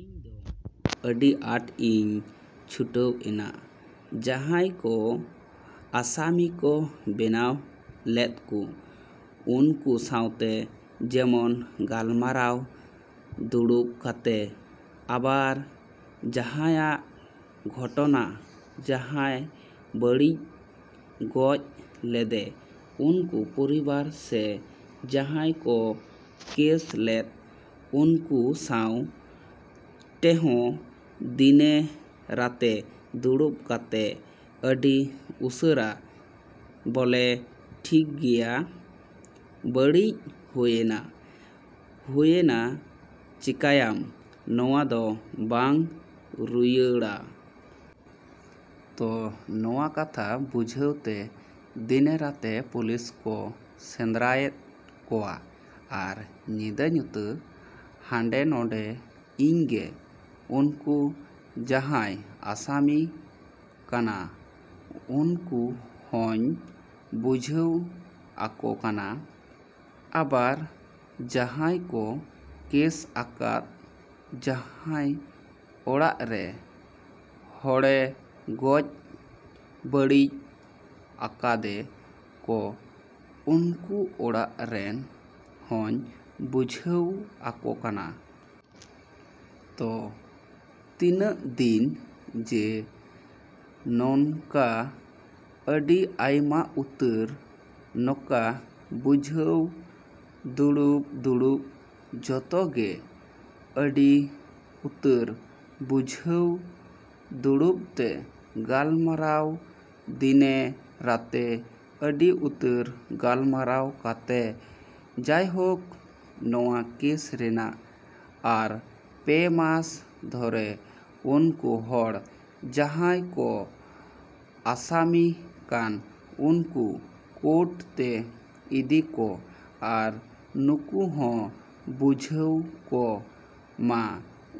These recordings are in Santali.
ᱤᱧ ᱫᱚ ᱟᱹᱰᱤ ᱟᱴ ᱤᱧ ᱪᱷᱩᱴᱟᱹᱣ ᱮᱱᱟ᱾ ᱡᱟᱦᱟᱭ ᱠᱚ ᱟᱥᱟᱢᱤ ᱠᱚ ᱵᱮᱱᱟᱣ ᱞᱮᱫᱠᱩ ᱩᱱᱠᱩ ᱥᱟᱶᱛᱮ ᱡᱮᱢᱚᱱ ᱜᱟᱞᱢᱟᱨᱟᱣ ᱫᱩᱲᱩᱵ ᱠᱟᱛᱮ, ᱟᱵᱟᱨ ᱡᱟᱸᱦᱟᱭᱟᱜ ᱜᱷᱚᱴᱚᱱᱟ ᱡᱟᱸᱦᱟᱭ ᱵᱟᱹᱲᱤᱡ ᱜᱚᱡ ᱞᱮᱫᱮ ᱩᱱᱠᱩ ᱯᱚᱨᱤᱵᱟᱨ ᱥᱮ ᱡᱟᱸᱦᱟᱭ ᱠᱚ ᱠᱮᱥ ᱞᱮᱫ, ᱩᱱᱠᱩ ᱥᱟᱶ ᱴᱮᱦᱚᱸ ᱫᱤᱱᱮ ᱨᱟᱛᱮ ᱫᱩᱲᱩᱵ ᱠᱟᱛᱮ ᱟᱹᱰᱤ ᱩᱥᱟᱹᱨᱟ ᱵᱚᱞᱮ ᱴᱷᱤᱠ ᱜᱮᱭᱟ ᱵᱟᱹᱲᱤᱡ ᱦᱩᱭᱮᱱᱟ ᱦᱩᱭᱮᱱᱟ ᱪᱮᱠᱟᱭᱟᱢ ᱱᱚᱣᱟ ᱫᱚ ᱵᱟᱝ ᱨᱩᱭᱟᱹᱲᱟ ᱾ ᱛᱚ ᱱᱚᱶᱟ ᱠᱟᱛᱷᱟ ᱵᱩᱡᱷᱟᱹᱣ ᱛᱮ ᱫᱤᱱᱮ ᱨᱟᱛᱮ ᱯᱩᱞᱤᱥ ᱠᱚ ᱥᱮᱸᱫᱽᱨᱟᱭᱮᱫ ᱠᱚᱣᱟ ᱟᱨ ᱧᱤᱫᱟᱹ ᱧᱩᱛᱟᱹ ᱦᱟᱰᱮ ᱱᱚᱰᱮ ᱤᱧ ᱜᱮ ᱩᱱᱠᱩ ᱡᱟᱦᱟᱸᱭ ᱟᱥᱟᱢᱤ ᱠᱟᱱᱟ ᱩᱱᱠᱩ ᱦᱚᱸᱧ ᱵᱩᱡᱷᱟᱹᱣ ᱟᱠᱚ ᱠᱟᱱᱟ, ᱟᱵᱟᱨ ᱡᱟᱦᱟᱸᱭ ᱠᱚ ᱠᱮᱥ ᱟᱠᱟᱫ ᱡᱟᱦᱟᱸᱭ ᱚᱲᱟᱜ ᱨᱮ ᱦᱚᱲᱮ ᱜᱚᱡᱽ ᱵᱟᱹᱲᱤᱡ ᱟᱠᱟᱫᱮ ᱠᱚ ᱩᱱᱠᱩ ᱚᱲᱟᱜ ᱨᱮᱱ ᱦᱚᱸᱧ ᱵᱩᱡᱷᱟᱹᱣ ᱟᱹᱠᱚ ᱠᱟᱱᱟ᱾ ᱛᱚ ᱛᱤᱱᱟᱹᱜ ᱫᱤᱱ ᱡᱮ ᱱᱚᱱᱠᱟ ᱟᱹᱰᱤ ᱟᱭᱢᱟ ᱩᱛᱟᱹᱨ ᱱᱚᱠᱟ ᱵᱩᱡᱷᱟᱹᱣ ᱫᱩᱲᱩᱵ ᱫᱩᱲᱩᱵ ᱡᱚᱛᱚ ᱜᱮ ᱟᱹᱰᱤ ᱩᱛᱟᱹᱨ ᱵᱩᱡᱷᱟᱹᱣ ᱫᱩᱲᱩᱵᱛᱮ ᱜᱟᱞᱢᱟᱨᱟᱣ ᱫᱤᱱᱮ ᱨᱟᱛᱮ ᱟᱹᱰᱤ ᱩᱛᱟᱹᱨ ᱜᱟᱞᱢᱟᱨᱟᱣ ᱠᱟᱛᱮ ᱡᱟᱭᱦᱳᱠ ᱱᱚᱶᱟ ᱠᱮᱥ ᱨᱮᱱᱟᱜ ᱟᱨ ᱯᱮ ᱢᱟᱥ ᱫᱷᱚᱨᱮ ᱩᱱᱠᱩ ᱦᱚᱲ ᱡᱟᱦᱟᱸᱭ ᱠᱚ ᱟᱥᱟᱢᱤ ᱠᱟᱱ ᱩᱱᱠᱩ ᱠᱳᱴ ᱛᱮ ᱤᱫᱤ ᱠᱚ ᱟᱨ ᱱᱩᱠᱩ ᱦᱚᱸ ᱵᱩᱡᱷᱟᱹᱣ ᱠᱚ ᱢᱟ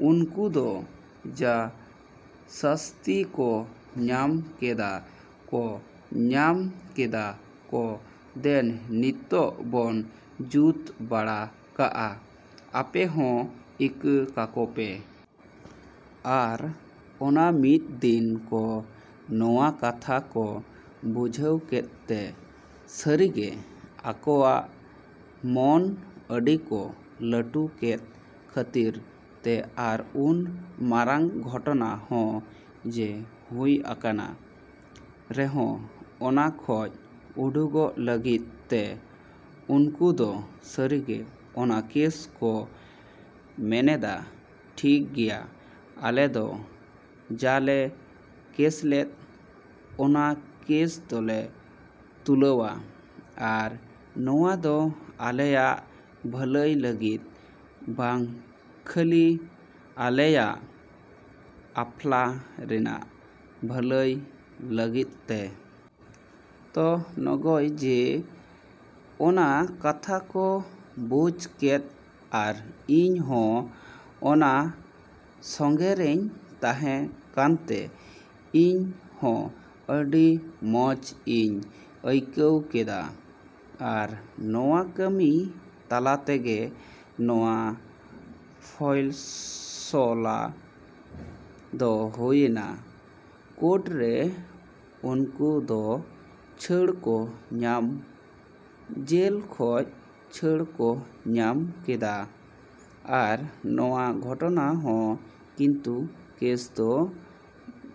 ᱩᱱᱠᱩ ᱫᱚ ᱡᱟ ᱥᱟᱹᱥᱛᱤ ᱠᱚ ᱧᱟᱢ ᱠᱮᱫᱟ ᱠᱚ ᱧᱟᱢ ᱠᱮᱫᱟ ᱠᱚ ᱫᱮᱱ ᱱᱤᱛᱚᱜ ᱵᱚᱱ ᱡᱩᱛ ᱵᱟᱲᱟ ᱠᱟᱜᱼᱟ ᱟᱯᱮ ᱦᱚᱸ ᱤᱠᱟᱹ ᱠᱟᱠᱚ ᱯᱮ᱾ ᱟᱨ ᱚᱱᱟ ᱢᱤᱫ ᱫᱤᱱ ᱠᱚ ᱱᱚᱶᱟ ᱠᱟᱛᱷᱟ ᱠᱚ ᱵᱩᱡᱷᱟᱹᱣ ᱠᱮᱫ ᱛᱮ ᱥᱟᱹᱨᱤ ᱜᱮ ᱟᱠᱚᱣᱟᱜ ᱢᱚᱱ ᱟᱹᱰᱤᱠᱚ ᱞᱟᱹᱴᱩ ᱠᱮᱫ ᱠᱷᱟᱹᱛᱤᱨ ᱛᱮ ᱟᱨ ᱩᱱ ᱢᱟᱨᱟᱝ ᱜᱷᱚᱴᱚᱱᱟ ᱦᱚᱸ ᱡᱮ ᱦᱩᱭ ᱟᱠᱟᱱᱟ ᱨᱮᱦᱚᱸ ᱚᱱᱟ ᱠᱷᱚᱡ ᱩᱰᱩᱠᱚᱜ ᱞᱟᱹᱜᱤᱫ ᱛᱮ ᱩᱱᱠᱩᱫᱚ ᱥᱟᱹᱨᱤᱜᱤ ᱚᱱᱟ ᱠᱮᱥ ᱠᱚ ᱢᱮᱱᱮᱫᱟ ᱴᱷᱤᱠ ᱜᱮᱭᱟ ᱟᱞᱮ ᱫᱚ ᱡᱟᱞᱮ ᱠᱮᱥᱞᱮᱫ ᱚᱱᱟ ᱠᱮᱥ ᱫᱚᱞᱮ ᱛᱩᱞᱟᱹᱣᱟ ᱟᱨ ᱱᱚᱶᱟ ᱫᱚ ᱟᱞᱮᱭᱟᱜ ᱵᱷᱟᱹᱞᱟᱹᱭ ᱞᱟᱹᱜᱤᱫ ᱵᱟᱝ ᱠᱷᱟᱹᱞᱤ ᱟᱞᱮᱭᱟᱜ ᱟᱯᱷᱟᱞᱟ ᱨᱮᱱᱟᱜ ᱵᱷᱟᱹᱞᱟᱹᱭ ᱞᱟᱹᱜᱤᱫ ᱛᱮ᱾ ᱛᱚ ᱱᱚᱜᱚᱭ ᱡᱮ ᱚᱱᱟ ᱠᱟᱛᱷᱟ ᱠᱚ ᱵᱩᱡ ᱠᱮᱫ ᱟᱨ ᱤᱧ ᱦᱚᱸ ᱚᱱᱟ ᱥᱚᱸᱜᱮᱨᱤᱧ ᱛᱟᱦᱮᱸ ᱠᱟᱱᱛᱮ ᱤᱧ ᱦᱚᱸ ᱟᱹᱰᱤ ᱢᱚᱸᱡᱽ ᱤᱧ ᱟᱹᱭᱠᱟᱹᱣ ᱠᱮᱫᱟ᱾ ᱟᱨ ᱱᱚᱶᱟ ᱠᱟᱹᱢᱤ ᱛᱟᱞᱟ ᱛᱮᱜᱮ ᱱᱚᱶᱟ ᱯᱷᱚᱭᱥᱚᱞᱟ ᱫᱚ ᱦᱩᱭᱮᱱᱟ᱾ ᱠᱳᱴ ᱨᱮ ᱩᱱᱠᱩ ᱫᱚ ᱪᱷᱟᱹᱲ ᱠᱚ ᱧᱟᱢ ᱡᱮᱞ ᱠᱷᱚᱡ ᱪᱷᱟᱹᱲ ᱠᱚ ᱧᱟᱢ ᱠᱮᱫᱟ ᱟᱨ ᱱᱚᱣᱟ ᱜᱷᱚᱴᱚᱱᱟ ᱦᱚᱸ ᱠᱤᱱᱛᱩ ᱠᱮᱥ ᱫᱚ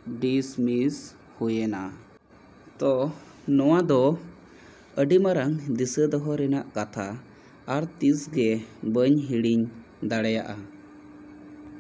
ᱰᱤᱥᱢᱤᱥ ᱦᱩᱭᱮᱱᱟ᱾ ᱛᱚ ᱱᱚᱣᱟ ᱫᱚ ᱟᱹᱰᱤ ᱢᱟᱨᱟᱝ ᱫᱤᱥᱟᱹ ᱫᱚᱦᱚ ᱨᱮᱱᱟᱜ ᱠᱟᱛᱷᱟ ᱟᱨ ᱛᱤᱥ ᱜᱮ ᱵᱟᱹᱧ ᱦᱤᱲᱤᱧ ᱫᱟᱲᱮᱭᱟᱜᱼᱟ।